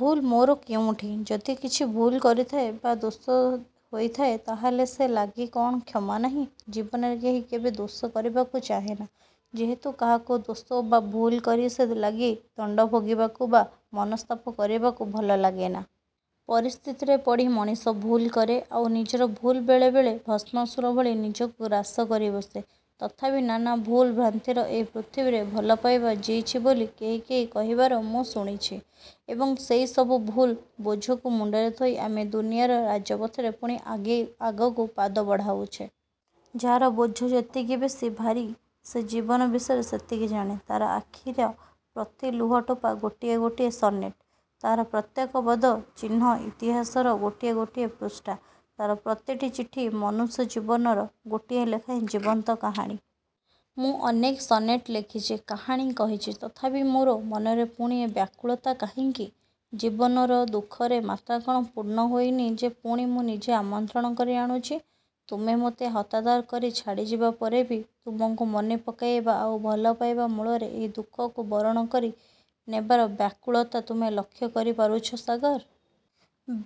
ଭୁଲ୍ ମୋର କେଉଁଠି? ଯଦି କିଛି ଭୁଲ୍ କରିଥାଏ; ବା ଦୋଷ ହୋଇଥାଏ; ତା'ହେଲେ ସେ ଲାଗି କ'ଣ କ୍ଷମା ନାହିଁ? ଜୀବନରେ କେହି କେବେ ଦୋଷ କରିବାକୁ ଚାହେଁନା; ଯେହେତୁ କାହାକୁ ଦୋଷ ବା ଭୁଲ୍ କରି ସେ ଲାଗି ଦଣ୍ଡ ଭୋଗିବାକୁ ବା ମନସ୍ତାପ କରିବାକୁ ଭଲ ଲାଗେନା। ପରିସ୍ଥିତିରେ ପଡ଼ି ମଣିଷ ଭୁଲ୍ କରେ। ଆଉ ନିଜର ଭୁଲ୍ ବେଳେ ବେଳେ ଭସ୍ମାସୁର ଭଳି ନିଜକୁ ଗ୍ରାସ କରି ବସେ। ତଥାପି ନାନା ଭୁଲ୍ ଭ୍ରାନ୍ତିର ଏଇ ପୃଥିବୀରେ ଭଲପାଇବା ଜୀଇଛି ବୋଲି କେହି କେହି କହିବାର ମୁଁ ଶୁଣିଛି ଏବଂ ସେଇ ସବୁ ଭୁଲ୍ର ବୋଝକୁ ମୁଣ୍ଡରେ ଥୋଇ ଆମେ ଦୁନିଆର ରାଜପଥରେ ପୁଣି ଆଗକୁ ପାଦ ବଢ଼ାଉଛେ। ଯାହାର ବୋଝ ଯେତିକି ବେଶୀ ଭାରି ସେ ଜୀବନ ବିଷୟରେ ସେତିକି ଜାଣେ। ତା'ର ଆଖିର ପ୍ରତି ଲୁହ ଟୋପା ଗୋଟିଏ ଗୋଟିଏ ସନେଟ୍; ତା'ର ପ୍ରତ୍ୟେକ ପଦ–ଚିହ୍ନ ଇତିହାସର ଗୋଟିଏ ଗୋଟିଏ ପୃଷ୍ଠା–ତା'ର ପ୍ରତିଟି ଚିଠି ମନୁଷ୍ୟ ଜୀବନର ଗୋଟିଏ ଲେଖାଏଁ ଜୀବନ୍ତ କାହାଣୀ। ମୁଁ ଅନେକ ସନେଟ୍ ଲେଖିଛି; କାହାଣୀ କହିଛି। ତଥାପି ମୋର ମନରେ ପୁଣି ଏ ବ୍ୟାକୁଳତା କାହିଁକି? ଜୀବନରେ ଦୁଃଖର ମାତ୍ରା କ'ଣ ପୂର୍ଣ୍ଣ ହୋଇନି ଯେ ପୁଣି ମୁଁ ନିଜେ ଆମନ୍ତ୍ରଣ କରି ଆଣୁଛି–ତୁମେ ମୋତେ ହତାଦର କରି ଛାଡ଼ିଯିବା ପରେ ବି ତୁମକୁ ମନେ ପକାଇବା ଆଉ ଭଲପାଇବା ମୂଳରେ ଏହି ଦୁଃଖକୁ ବରଣ କରି ନେବାର ବ୍ୟାକୁଳତା ତୁମେ ଲକ୍ଷ୍ୟ କରି ପାରୁଛ; ସାଗର!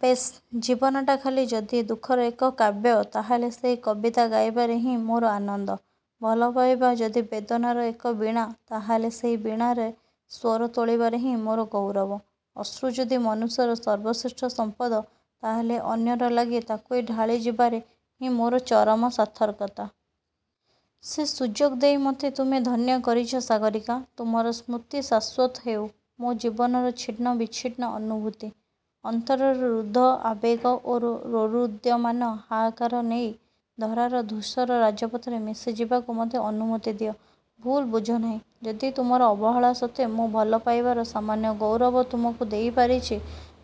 ବେଶ୍–ଜୀବନଟା ଖାଲି ଯଦି ଦୁଃଖର ଏକକାବ୍ୟ–ତା'ହେଲେ ସେହି କବିତା ଗାଇବାରେ ହିଁ ମୋର ଆନନ୍ଦ। ଭଲପାଇବା ଯଦି ବେଦନାର ଏକ ବୀଣା; ତା'ହେଲେ ସେହି ବୀଣାରେ ସ୍ୱର ତୋଳିବାରେ ହିଁ ମୋର ଗୌରବ। ଅଶ୍ରୁ ଯଦି ମନୁଷ୍ୟର ସର୍ବଶ୍ରେଷ୍ଠ ସମ୍ପଦ ତା'ହେଲେ ଅନ୍ୟର ଲାଗି ତାକୁଇ ଢାଳି ଯିବାରେ ହିଁ ମୋର ଚରମ ସାର୍ଥକତା। ସେ ସୁଯୋଗ ଦେଇ ମୋତେ ତୁମେ ଧନ୍ୟ କରିଛ ସାଗରୀକା। ତୁମର ସ୍ମୃତି ଶାଶ୍ୱତ ହେଉ–ମୋ ଜୀବନର ଛିନ୍ନ–ବିଚ୍ଛିନ୍ନ ଅନୁଭୂତି; ଅନ୍ତରର ରୁଦ୍ଧ ଆବେଗ ଓ ରୋରୁଦ୍ୟମାନ ହାହାକାର ନେଇ; ଧରାର–ଧୂଷର ରାଜପଥରେ ମିଶି ଯିବାକୁ ମୋତେ ଅନୁମତି ଦିଅ। ଭୁଲ୍ ବୁଝନାହିଁ–ଯଦି ତୁମର ଅବହେଳା ସତ୍ତ୍ୱେ ମୁଁ ଭଲପାଇବାର ସାମାନ୍ୟ ଗୌରବ ତୁମକୁ ଦେଇ ପାରିଛି;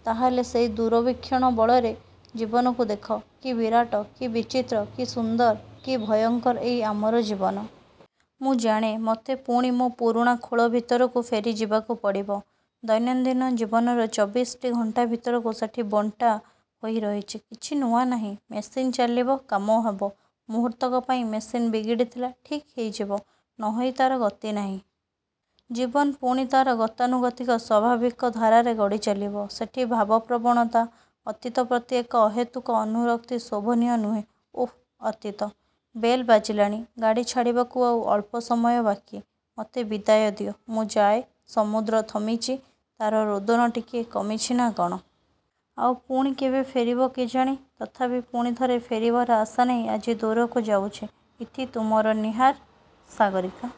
ତା'ହେଲେ ସେଇ ଦୁରବୀକ୍ଷଣ ବଳରେ ଜୀବନକୁ ଦେଖ–କି ବିରାଟ, କି ବିଚିତ୍ର, କି ସୁନ୍ଦର, କି ଭୟଙ୍କର ଏଇ ଆମର ଜୀବନ। ମୁଁ ଜାଣେ; ମୋତେ ପୁଣି ମୋ ପୁରୁଣା ଖୋଳ ଭିତରକୁ ଫେରି ଯିବାକୁ ପଡ଼ିବ। ଦୈନନ୍ଦିନ–ଜୀବନର ଚବିଶିଟି ଘଣ୍ଟା ଭିତରକୁ ସେଠି ବଣ୍ଟା ହୋଇ ରହିଛି; କିଛି ନୂଆ ନାହିଁ। ମେସିନ୍ ଚାଲିବ–କାମ ହେବ...। ମୁହୂର୍ତ୍ତକ ପାଇଁ ମେସିନ୍ ବିଗିଡ଼ି ଥିଲା–ଠିକ୍ ହୋଇଯିବ। ନ ହୋଇ ତା'ର ଗତି ନାହିଁ। ଜୀବନ ପୁଣି ତା'ର ଗତାନୁଗତିକ ସ୍ୱାଭାବିକ ଧାରାରେ ଗଡ଼ି ଚାଲିବ। ସେଠି ଭାବ ପ୍ରବଣତା, ଅତୀତ ପ୍ରତି ଏକ ଅହେତୁକ ଅନୁରକ୍ତି ଶୋଭନୀୟ ନୁହେଁ–ଓଃ–ଅତୀତ...। ବେଲ୍ ବାଜିଲାଣି। ଗାଡ଼ି ଛାଡ଼ିବାକୁ ଆଉ ଅଳ୍ପ ସମୟ ବାକି। ମୋତେ ବିଦାୟ ଦିଅ। ମୁଁ ଯାଏ; ସମୁଦ୍ର ଥମିଛି; ତା'ର ରୋଦନ ଟିକିଏ କମିଛି ନା କ'ଣ? ଆଉ ପୁଣି କେବେ ଫେରିବ କେଜାଣି–ତଥାପି ପୁଣି ଥରେ ଫେରିବାର ଆଶା ନେଇ ଆଜି ଦୂରକୁ ଯାଉଛି–ଇତି– ତୁମର 'ନୀହାର' ସାଗରୀକା